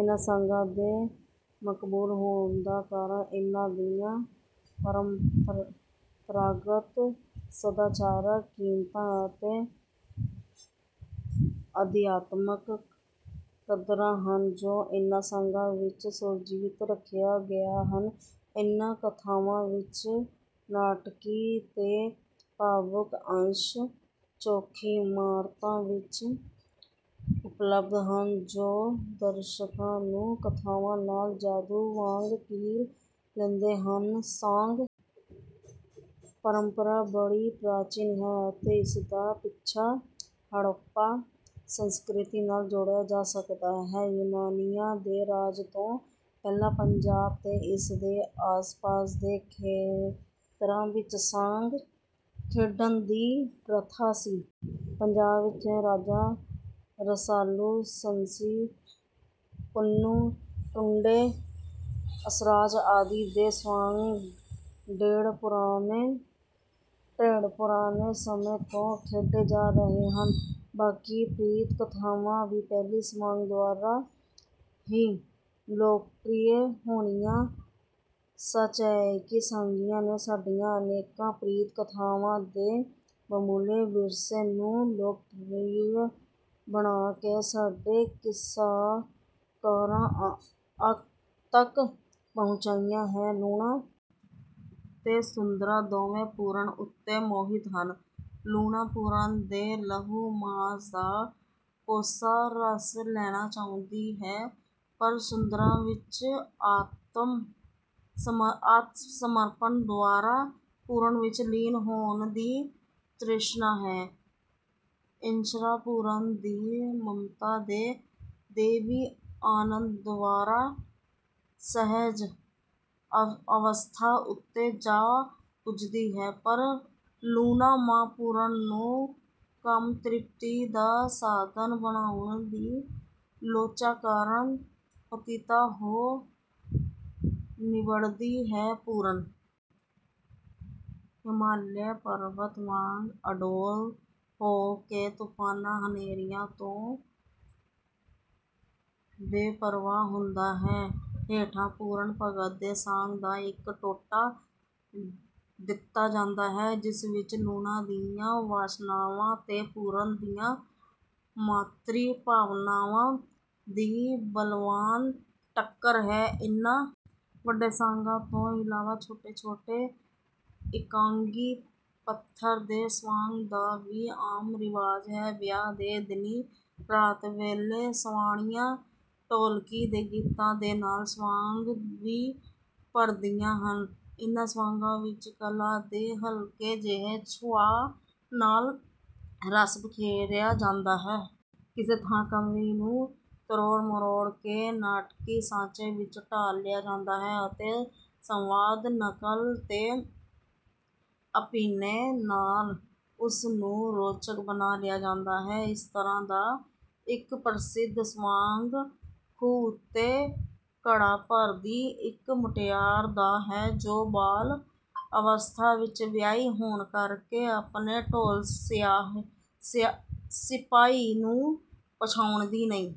ਇਨ੍ਹਾਂ ਸਾਂਗਾਂ ਦੇ ਮਕਬੂਲ ਹੋਣ ਦਾ ਕਾਰਨ ਇਨ੍ਹਾਂ ਦੀਆਂ ਪਰੰਪਰਾਗਤ ਸਦਾਚਾਰਕ ਕੀਮਤਾਂ ਅਤੇ ਅਧਿਆਤਮਕ ਕਦਰਾਂ ਹਨ, ਜੋ ਇਨ੍ਹਾਂ ਸਾਂਗਾਂ ਵਿੱਚ ਸੁਰਜੀਤ ਰੱਖੀਆਂ ਗਈਆਂ ਹਨ। ਇਨ੍ਹਾਂ ਕਥਾਵਾਂ ਵਿੱਚ ਨਾਟਕੀ ਤੇ ਭਾਵੁਕ ਅੰਸ਼ ਚੋਖੀ ਮਾਤਰਾ ਵਿੱਚ ਉਪਲੱਬਧ ਹਨ, ਜੋ ਦਰਸ਼ਕਾਂ ਨੂੰ ਕਥਾਵਾਂ ਨਾਲ ਜਾਦੂ ਵਾਂਗ ਕੀਲ ਲੈਂਦੇ ਹਨ। ਸਾਂਗ ਪਰੰਪਰਾ ਬੜੀ ਪ੍ਰਾਚੀਨ ਹੈ ਅਤੇ ਇਸ ਦਾ ਪਿੱਛਾ ਹੜੱਪਾ ਸੰਸਕ੍ਰਿਤੀ ਨਾਲ ਜੋੜਿਆ ਜਾ ਸਕਦਾ ਹੈ। ਯੂਨਾਨੀਆਂ ਦੇ ਰਾਜ ਤੋਂ ਪਹਿਲਾਂ ਪੰਜਾਬ ਤੇ ਇਸ ਦੇ ਆਸ-ਪਾਸ ਦੇ ਖੇਤਰਾਂ ਵਿੱਚ ਸਾਂਗ ਖੇਡਣ ਦੀ ਪ੍ਰਥਾ ਸੀ। ਪੰਜਾਬ ਵਿੱਚ ਰਾਜਾ ਰਸਾਲੂ, ਸੱਸੀ-ਪੁੰਨੂੰ, ਟੁੰਡੇ ਅਸਰਾਜ ਆਦਿ ਦੇ ਸਵਾਂਗ ਢੇਰ ਪੁਰਾਣੇ ਸਮੇਂ ਤੋਂ ਖੇਡੇ ਜਾ ਰਹੇ ਹਨ। ਬਾਕੀ ਪ੍ਰੀਤ-ਕਥਾਵਾਂ ਵੀ ਪਹਿਲਾਂ ਸਵਾਂਗ ਦੁਆਰਾ ਹੀ ਲੋਕਪ੍ਰਿਅ ਹੋਈਆਂ। ਸੱਚ ਇਹ ਹੈ ਕਿ ਸਾਂਗੀਆਂ ਨੇ ਸਾਡੀਆਂ ਅਨੇਕਾਂ ਪ੍ਰੀਤ-ਕਥਾਵਾਂ ਦੇ ਬਹੁਮੁੱਲੇ ਵਿਰਸੇ ਨੂੰ ਲੋਕਪ੍ਰਿਅ ਬਣਾ ਕੇ ਸਾਡੇ ਕਿੱਸਾਕਾਰਾਂ ਤੱਕ ਪਹੁੰਚਾਇਆ ਹੈ। ਲੂਣਾਂ ਤੇ ਸੁੰਦਰਾਂ ਦੋਵੇਂ ਪੂਰਨ ਉੱਤੇ ਮੋਹਿਤ ਹਨ। ਲੂਣਾਂ ਪੂਰਨ ਦੇ ਲਹੂ-ਮਾਸ ਦਾ ਕੋਸਾ ਰਸ ਲੈਣਾ ਚਾਹੁੰਦੀ ਹੈ, ਪਰ ਸੁੰਦਰਾਂ ਵਿੱਚ ਆਤਮ-ਸਮਰਪਣ ਦੁਆਰਾ ਪੂਰਨ ਵਿੱਚ ਲੀਨ ਹੋਣ ਦੀ ਤ੍ਰਿਸ਼ਨਾ ਹੈ। ਇੱਛਰਾਂ ਪੂਰਨ ਦੀ ਮਮਤਾ ਦੇ ਦੈਵੀ ਆਨੰਦ ਦੁਆਰਾ ਸਹਿਜ ਅਵਸਥਾ ਉੱਤੇ ਜਾ ਪੁੱਜਦੀ ਹੈ, ਪਰ ਲੂਣਾਂ ਮਾਂ ਪੂਰਨ ਨੂੰ ਕਾਮ-ਤ੍ਰਿਪਤੀ ਦਾ ਸਾਧਨ ਬਣਾਉਣ ਦੀ ਲੋਚਾ ਕਾਰਨ ਪਤਿਤਾ ਹੋ ਨਿਬੜਦੀ ਹੈ। ਪੂਰਨ ਹਿਮਾਲਿਆ ਪਰਬਤ ਵਾਂਗ ਅਡੋਲ ਹੋ ਕੇ ਤੂਫ਼ਾਨਾਂ-ਹਨੇਰੀਆਂ ਤੋਂ ਬੇਪ੍ਰਵਾਹ ਹੁੰਦਾ ਹੈ। ਹੇਠਾਂ ਪੂਰਨ ਭਗਤ ਦੇ ਸਾਂਗ ਦਾ ਇੱਕ ਟੋਟਾ ਦਿੱਤਾ ਜਾਂਦਾ ਹੈ, ਜਿਸ ਵਿੱਚ ਲੂਣਾਂ ਦੀਆਂ ਵਾਸ਼ਨਾਵਾਂ ਤੇ ਪੂਰਨ ਦੀਆਂ ਮਾਤ੍ਰੀ ਭਾਵਨਾਵਾਂ ਦੀ ਬਲਵਾਨ ਟੱਕਰ ਹੈ। ਇਨ੍ਹਾਂ ਵੱਡੇ ਸਾਂਗਾਂ ਤੋਂ ਇਲਾਵਾ ਛੋਟੇ-ਛੋਟੇ, ਇਕਾਂਗੀ ਪੱਧਰ ਦੇ ਸਵਾਂਗ ਦਾ ਵੀ ਆਮ ਰਿਵਾਜ ਹੈ। ਵਿਆਹ ਦੇ ਦਿਨੀਂ ਰਾਤ ਵੇਲੇ ਸਵਾਣੀਆਂ ਢੋਲਕੀ ਦੇ ਗੀਤਾਂ ਦੇ ਨਾਲ ਸਵਾਂਗ ਵੀ ਭਰਦੀਆਂ ਹਨ। ਇਨ੍ਹਾਂ ਸਵਾਂਗਾਂ ਵਿੱਚ ਕਲਾ ਦੇ ਹਲਕੇ ਜਿਹੇ ਛੁਹਾਅ ਨਾਲ ਰਸ ਬਿਖੇਰਿਆ ਜਾਂਦਾ ਹੈ। ਕਿਸੇ ਕਥਾ-ਕਾਵਿ ਨੂੰ ਤਰੋੜ-ਮਰੋੜ ਕੇ ਨਾਟਕੀ ਸਾਂਚੇ ਵਿੱਚ ਢਾਲ ਲਿਆ ਜਾਂਦਾ ਹੈ ਅਤੇ ਸੰਵਾਦ, ਨਕਲ ਤੇ ਅਭਿਨੈ ਨਾਲ ਉਸ ਨੂੰ ਰੋਚਕ ਬਣਾ ਲਿਆ ਜਾਂਦਾ ਹੈ। ਇਸ ਤਰ੍ਹਾਂ ਦਾ ਇੱਕ ਪ੍ਰਸਿੱਧ ਸਵਾਂਗ ਖੂਹ ਉੱਤੇ ਘੜਾ ਭਰਦੀ ਇੱਕ ਮੁਟਿਆਰ ਦਾ ਹੈ, ਜੋ ਬਾਲ ਅਵਸਥਾ ਵਿੱਚ ਵਿਆਹੀ ਹੋਣ ਕਰਕੇ ਆਪਣੇ ਢੋਲ-ਸਿਪਾਹੀ ਨੂੰ ਪਛਾਣਦੀ ਨਹੀਂ।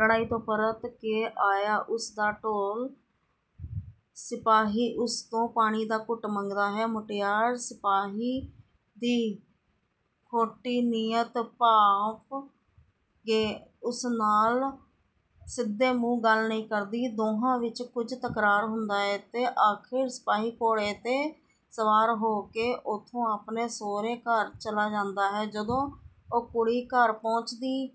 ਲੜਾਈ ਤੋਂ ਪਰਤ ਕੇ ਆਇਆ ਉਸ ਦਾ ਢੋਲ-ਸਿਪਾਹੀ ਉਸ ਤੋਂ ਪਾਣੀ ਦਾ ਘੁੱਟ ਮੰਗਦਾ ਹੈ। ਮੁਟਿਆਰ ਸਿਪਾਹੀ ਦੀ ਖੋਟੀ ਨੀਅਤ ਭਾਂਪ ਕੇ ਉਸ ਨਾਲ ਸਿੱਧੇ ਮੂੰਹ ਗੱਲ ਨਹੀਂ ਕਰਦੀ। ਦੋਹਾਂ ਵਿੱਚ ਕੁਝ ਤਕਰਾਰ ਹੁੰਦਾ ਹੈ ਤੇ ਆਖ਼ਿਰ ਸਿਪਾਹੀ ਘੋੜੇ ’ਤੇ ਸਵਾਰ ਹੋ ਕੇ ਉੱਥੋਂ ਆਪਣੇ ਸਹੁਰੇ ਘਰ ਚਲਾ ਜਾਂਦਾ ਹੈ। ਜਦੋਂ ਉਹ ਕੁੜੀ ਘਰ ਪਹੁੰਚਦੀ...